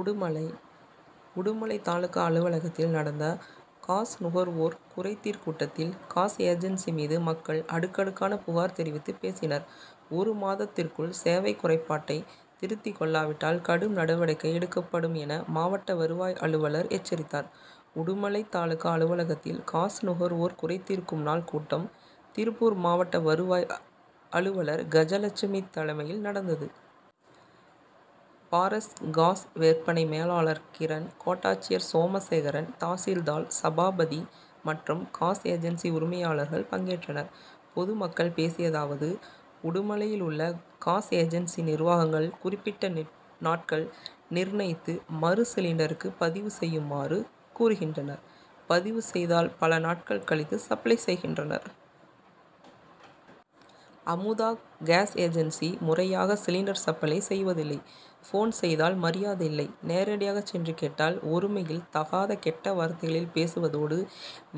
உடுமலை உடுமலை தாலுகா அலுவலகத்தில் நடத்த காஸ் நுகர்வோர் குறை தீர் கூட்டத்தில், காஸ் ஏஜென்சி மீது மக்கள் அடுக்கடுக்கான புகார் தெரிவித்து பேசினர். ஒரு மாதத்திற்குள் சேவை குறைபாட்டை திருத்திக்கொள்ளாவிட்டால் கடும் நடவடிக்கை எடுக்கப்படும் என மாவட்ட வருவாய் அலுவலர் எச்சரித்தார். உடுமலை தாலுகா அலுவலகத்தில், காஸ் நுகர்வோர் குறைதீர்க்கும் நாள் கூட்டம், திருப்பூர் மாவட்ட வருவாய் அலுவலர் கஜலட்சுமி தலைமையில் நடந்தது. பாரஸ் காஸ் விற்பனை மேலாளர் கிரன், கோட்டாட்சியர் சோமசேகரன், தாசில்தார் சபாபதி மற்றும் காஸ் ஏஜென்சி உரிமையாளர்கள் பங்கேற்றனர். பொதுமக்கள் பேசியதாவது:உடுமலையிலுள்ள காஸ் ஏஜென்சி நிர்வாகங்கள் குறிப்பிட்ட நாட்கள் நிர்ணயித்து, மறு சிலிண்டருக்கு பதிவு செய்யுமாறு கூறுகின்றனர். பதிவு செய்தால் பல நாட்கள் கழித்து சப்ளை செய்கின்றனர். அமுதா காஸ் ஏஜென்சி, முறையாக சிலிண்டர் சப்ளை செய்வதில்லை. போன் செய்தால் மரியாதை இல்லை. நேரடியாக சென்று கேட்டால், ஒருமையில் தகாத கெட்ட வார்த்தைகளில் பேசுவதோடு,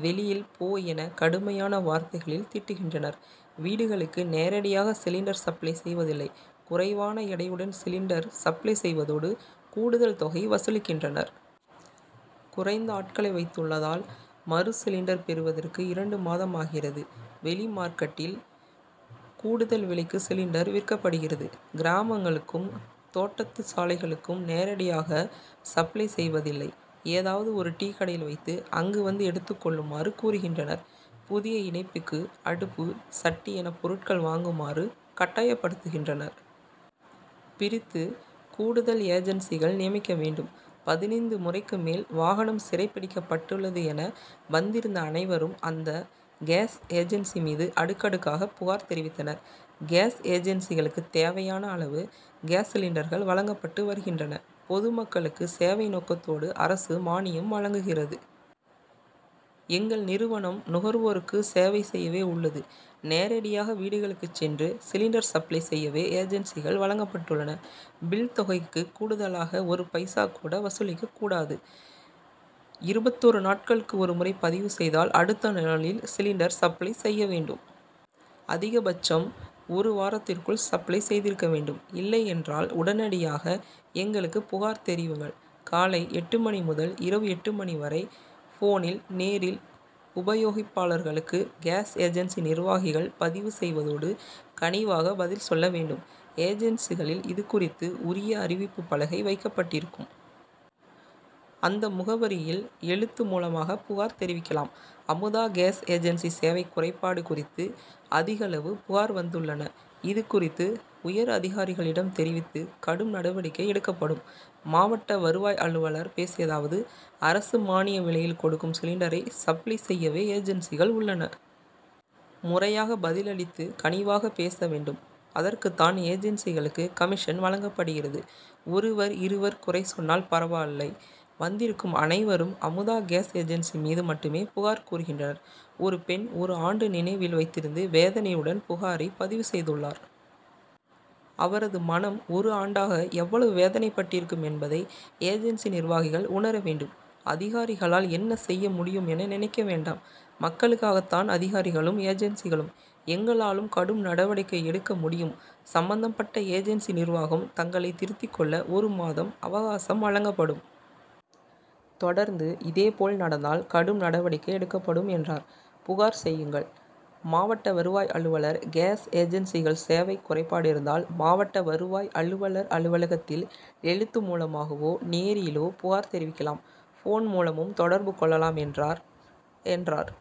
வெளியில் போ என கடுமையான வார்த்தைகளில் திட்டுகின்றனர். வீடுகளுக்கு நேரடியாக சிலிண்டர் சப்ளை செய்வதில்லை. குறைவான எடையுடன் சிலிண்டர் சப்ளை செய்வதோடு, கூடுதல் தொகை வசூலிக்கின்றனர். குறைந்த ஆட்களை வைத்துள்ளதால், மறு சிலிண்டர் பெறுவதற்கு இரண்டு மாதமாகிறது. வெளி மார்க்கெட்டில், கூடுதல் விலைக்கு சிலிண்டர் விற்கப்படுகிறது. கிராமங்களுக்கும், தோட்டத்துசாளைகளுக்கும் நேரடியாக சப்ளை செய்வதில் லை. ஏதாவது ஒரு டீ கடையில் வைத்து, அங்கு வந்து எடுத்துக் கொள்ளுமாறு கூறுகின்றனர். புதிய இணைப்புக்கு, அடுப்பு, சட்டி என பொருட்கள் வாங்குமாறு கட்டாயப்படுத்துகின்றனர். பிரித்து, கூடுதல் ஏஜென்சிகள் நியமிக்க வேண்டும். பதினைந்து முறைக்கு மேல் வாகனம் சிறைபிடிக்கப்பட்டுள்ளது என வந்திருந்த அனைவரும் அந்த காஸ் ஏஜென்சி மீது அடுக்கடுக்காக புகார் தெரிவித்தனர். காஸ் ஏஜென்சிகளுக்கு தேவையான அளவு காஸ் சிலிண்டர்கள் வழங்கப்பட்டு வருகின்றன. பொதுமக்களுக்கு சேவை நோக்கத்தோடு, அரசு மானியம் வழங்குகிறது. எங்கள் நிறுவனம் நுகர்வோருக்கு சேவை செய்யவே உள்ளது. நேரடியாக வீடுகளுக்கு சென்று சிலிண்டர் சப்ளை செய்யவே ஏஜென்சிகள் வழங்கப்பட்டுள்ளன. பில் தொகைக்கு கூடுதலாக ஒரு பைசா கூட வசூலிக்க கூடாது. இருபத்தொரு நாட்களுக்கு ஒரு முறை பதிவு செய்தால், அடுத்த நாளில் சிலிண்டர் சப்ளை செய்ய வேண்டும். அதிக பட்சம் ஒரு வாரத்திற்குள் சப்ளை செய்திருக்க வேண்டும். இல்லையென்றால் உடனடியாக எங்களுக்கு புகார் தெரிவியுங்கள். காலை எட்டு மணி முதல் இரவு எட்டு மணி வரை, போனில், நேரில் உபயோகிப்பாளர்களுக்கு காஸ் ஏஜென்சி நிர்வாகிகள் பதிவு செய்வதோடு, கனிவாக பதில் சொல்ல வேண்டும். ஏஜென்சிகளில் இது குறித்து உரிய அறிவிப்பு பலகை வைக்கப்பட்டிருக்கும். அந்த முகவரியில் எழுத்து மூலமாக புகார் தெரிவிக்கலாம். அமுதா காஸ் ஏஜென்சி சேவை குறைபாடு குறித்து அதிகளவு புகார் வந்துள்ளன. இது குறித்து உயர் அதிகாரிகளிடம் தெரிவித்து கடும் நடவடிக்கை எடுக்கப்படும். மாவட்ட வருவாய் அலுவலர் பேசியதாவது:அரசு மானிய விலையில் கொடுக்கும் சிலிண்டரை சப்ளை செய்யவே ஏஜென்சிகள் உள்ளன. முறையாக பதில் அளித்து, கனிவாக பேசவேண்டும். அதற்குத்தான் ஏஜென்சிகளுக்கு கமிஷன் வழங்கப்படுகிறது. ஒருவர், இருவர் குறை சொன்னால் பரவாயில்லை. வந்திருக்கும் அனைவரும் அமுதா காஸ் ஏஜென்சி மீது மட்டுமே புகார் கூறுகின்றனர். ஒரு பெண், ஒரு ஆண்டு நினைவில் வைத்திருந்து, வேதனையுடன் புகாரை பதிவு செய்துள்ளார். அவரது மனம் ஒரு ஆண்டாக எவ்வளவு வேதனை பட்டிருக்கும் என்பதை ஏஜென்சி நிர்வாகிகள் உணர வேண்டும். அதிகாரிகளால் என்ன செய்ய முடியும் என நினைக்க வேண்டாம். மக்களுக்காகத்தான் அதிகாரிகளும், ஏஜென்சிகளும். எங்களாலும் கடும் நடவடிக்கை எடுக்க முடியும்; சம்பந்தப்பட்ட ஏஜென்சி நிர்வாகம் தங்களை திருத்திக்கொள்ள ஒரு மாதம் அவகாசம் வழங்கப்படும். தொடர்ந்து, இதே போல் நடந்தால் கடும் நடவடிக்கை எடுக்கப்படும். ' என்றார். புகார் செய்யுங்கள்:மாவட்ட வருவாய் அலுவலர், காஸ் ஏஜென்சிகள் சேவை குறைபாடு இருந்தால், மாவட்ட வருவாய் அலுவலர் அலுவலக்தில் எழுத்து மூலமாகவோ, நேரிலோ புகார் தெரிவிக்கலாம். போன் மூலமும் தொடர்பு கொள்ளலாம்' என்றார். என்றார்.